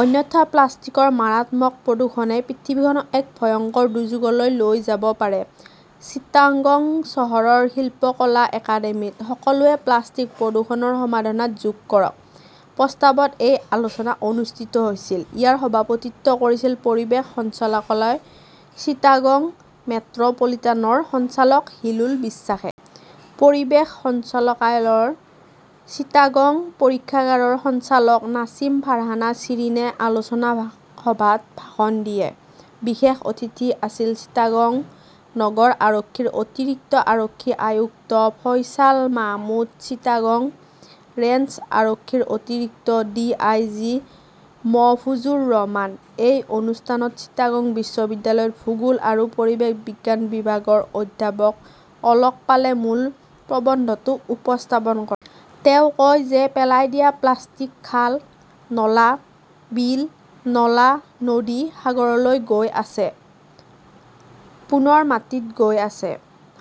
অন্যথা প্লাষ্টিকৰ মাৰাত্মক প্ৰদূষণে পৃথিৱীখনক এক ভয়ংকৰ দুৰ্যোগলৈ লৈ যাব পাৰে। চিটাগং চহৰৰ শিল্পকলা একাডেমীত 'সকলোৱে প্লাষ্টিক প্ৰদূষণৰ সমাধানত যোগদান কৰক' প্ৰস্তাৱত এই আলোচনা অনুষ্ঠিত হৈছিল। ইয়াৰ সভাপতিত্ব কৰিছিল পৰিৱেশ সঞ্চালকালয় চিটাগং মেট্ৰ 'পলিটানৰ সঞ্চালক হিলোল বিশ্বাসে। পৰিৱেশ সঞ্চালকালয়ৰ চিটাগং পৰীক্ষাগাৰৰ সঞ্চালক নাছিম ফাৰহানা শ্বিৰিনে আলোচনা সভাত ভাষণ দিয়ে। বিশেষ অতিথি আছিল চিটাগং নগৰ আৰক্ষীৰ অতিৰিক্ত আৰক্ষী আয়ুক্ত ফয়ছাল মাহমুদ, চিটাগং ৰেঞ্জ আৰক্ষীৰ অতিৰিক্ত ডিআইজি মহফুজুৰ ৰহমান। এই অনুষ্ঠানত চিটাগং বিশ্ববিদ্যালয়ৰ ভূগোল আৰু পৰিৱেশ বিজ্ঞান বিভাগৰ অধ্যাপক অলক পালে মূল প্ৰবন্ধটো উপস্থাপন কৰে। তেওঁ কয় যে পেলাই দিয়া প্লাষ্টিক খাল, নলা, বিল, নলা, নদী, সাগৰলৈ গৈ আছে। পুনৰ মাটিত গৈ আছে।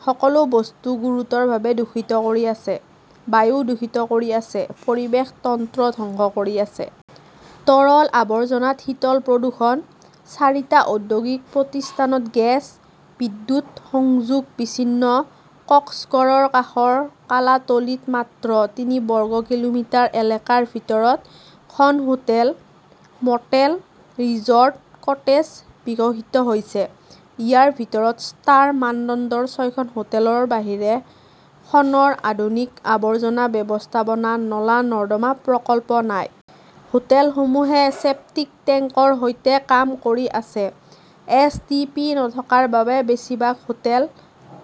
সকলো বস্তু গুৰুতৰভাৱে দূষিত কৰি আছে। বায়ু দূষিত কৰি আছে। পৰিৱেশ তন্ত্ৰ ধ্বংস কৰি আছে। তৰল আৱৰ্জনাত শীতল প্ৰদূষণ, চাৰিটা ঔদ্যোগিক প্ৰতিষ্ঠানত গেছ, বিদ্যুৎ সংযোগ বিচ্ছিন্ন কক্সগড়ৰ কাষৰ কালাতলীত মাত্ৰ তিনি বৰ্গ কিলোমিটাৰ এলেকাৰ ভিতৰত খন হোটেল, ম'টেল, ৰিজৰ্ট, কটেজ বিকশিত হৈছে। ইয়াৰ ভিতৰত ষ্টাৰ মানদণ্ডৰ ছয়খন হোটেলৰ বাহিৰে খনৰ আধুনিক আৱৰ্জনা ব্যৱস্থাপনা নলা-নৰ্দমা প্ৰকল্প নাই। হোটেলসমূহে ছেপ্টিক টেংকৰ সৈতে কাম কৰি আছে। এছ. টি. পি. নথকাৰ বাবে বেছিভাগ হোটেল,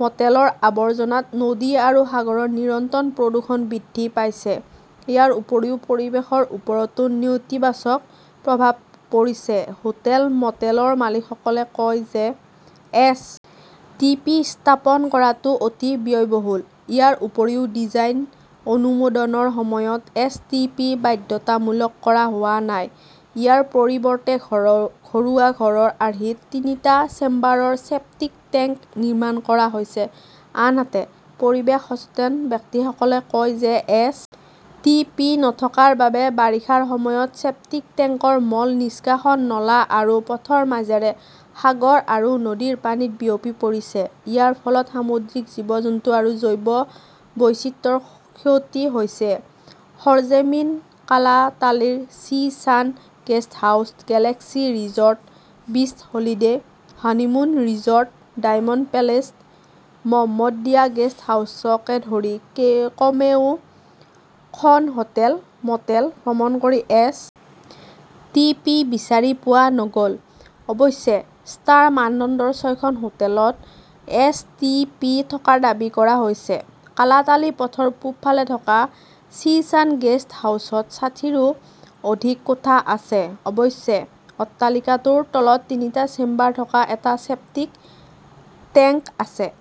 ম'টেলৰ আৱৰ্জনাত নদী আৰু সাগৰত নিৰন্তৰ প্ৰদূষণ বৃদ্ধি পাইছে। ইয়াৰ উপৰিও পৰিৱেশৰ ওপৰতো নেতিবাচক প্ৰভাৱ পৰিছে। হোটেল-মটেলৰ মালিকসকলে কয় যে এছ. টি. পি. স্থাপন কৰাটো অতি ব্যয়বহুল। ইয়াৰ উপৰিও ডিজাইন অনুমোদনৰ সময়ত এছ. টি. পি. বাধ্যতামূলক কৰা হোৱা নাই। ইয়াৰ পৰিৱৰ্তে ঘৰুৱা ঘৰৰ আৰ্হিত তিনিটা চেম্বাৰৰ ছেপ্টিক টেংক নিৰ্মাণ কৰা হৈছে। আনহাতে, পৰিৱেশ সচেতন ব্যক্তিসকলে কয় যে এছ. টি. পি. নথকাৰ বাবে বাৰিষাৰ সময়ত ছেপ্টিক টেংকৰ মল নিষ্কাশন নলা আৰু পথৰ মাজেৰে সাগৰ আৰু নদীৰ পানীত বিয়পি পৰিছে। ইয়াৰ ফলত সামুদ্ৰিক জীৱ-জন্তু আৰু জৈৱ বৈচিত্ৰ্যৰ ক্ষতি হৈছে। সৰ্জেমিন কালাতালীৰ sea sun guesthouse Galaxy resort, বিচ holiday, honeymoon resort, diamond palace, Mohammadia গেষ্টহাউছকে ধৰি কমেও খন হোটেল, ম'টেল ভ্ৰমণ কৰি এছ. টি. পি. বিচাৰি পোৱা নগ'ল। অৱশ্যে, ষ্টাৰ মানদণ্ডৰ ছয়খন হোটেলত এছ. টি. পি. থকাৰ দাবী কৰা হৈছে। কালাতালি পথৰ পূব ফালে থকা চি ছান গেস্ট হাউচত ষাঠিৰো অধিক কোঠা আছে। অৱশ্যে, অট্টালিকাটোৰ তলত তিনিটা চেম্বাৰ থকা এটা ছেপ্টিক টেংক আছে।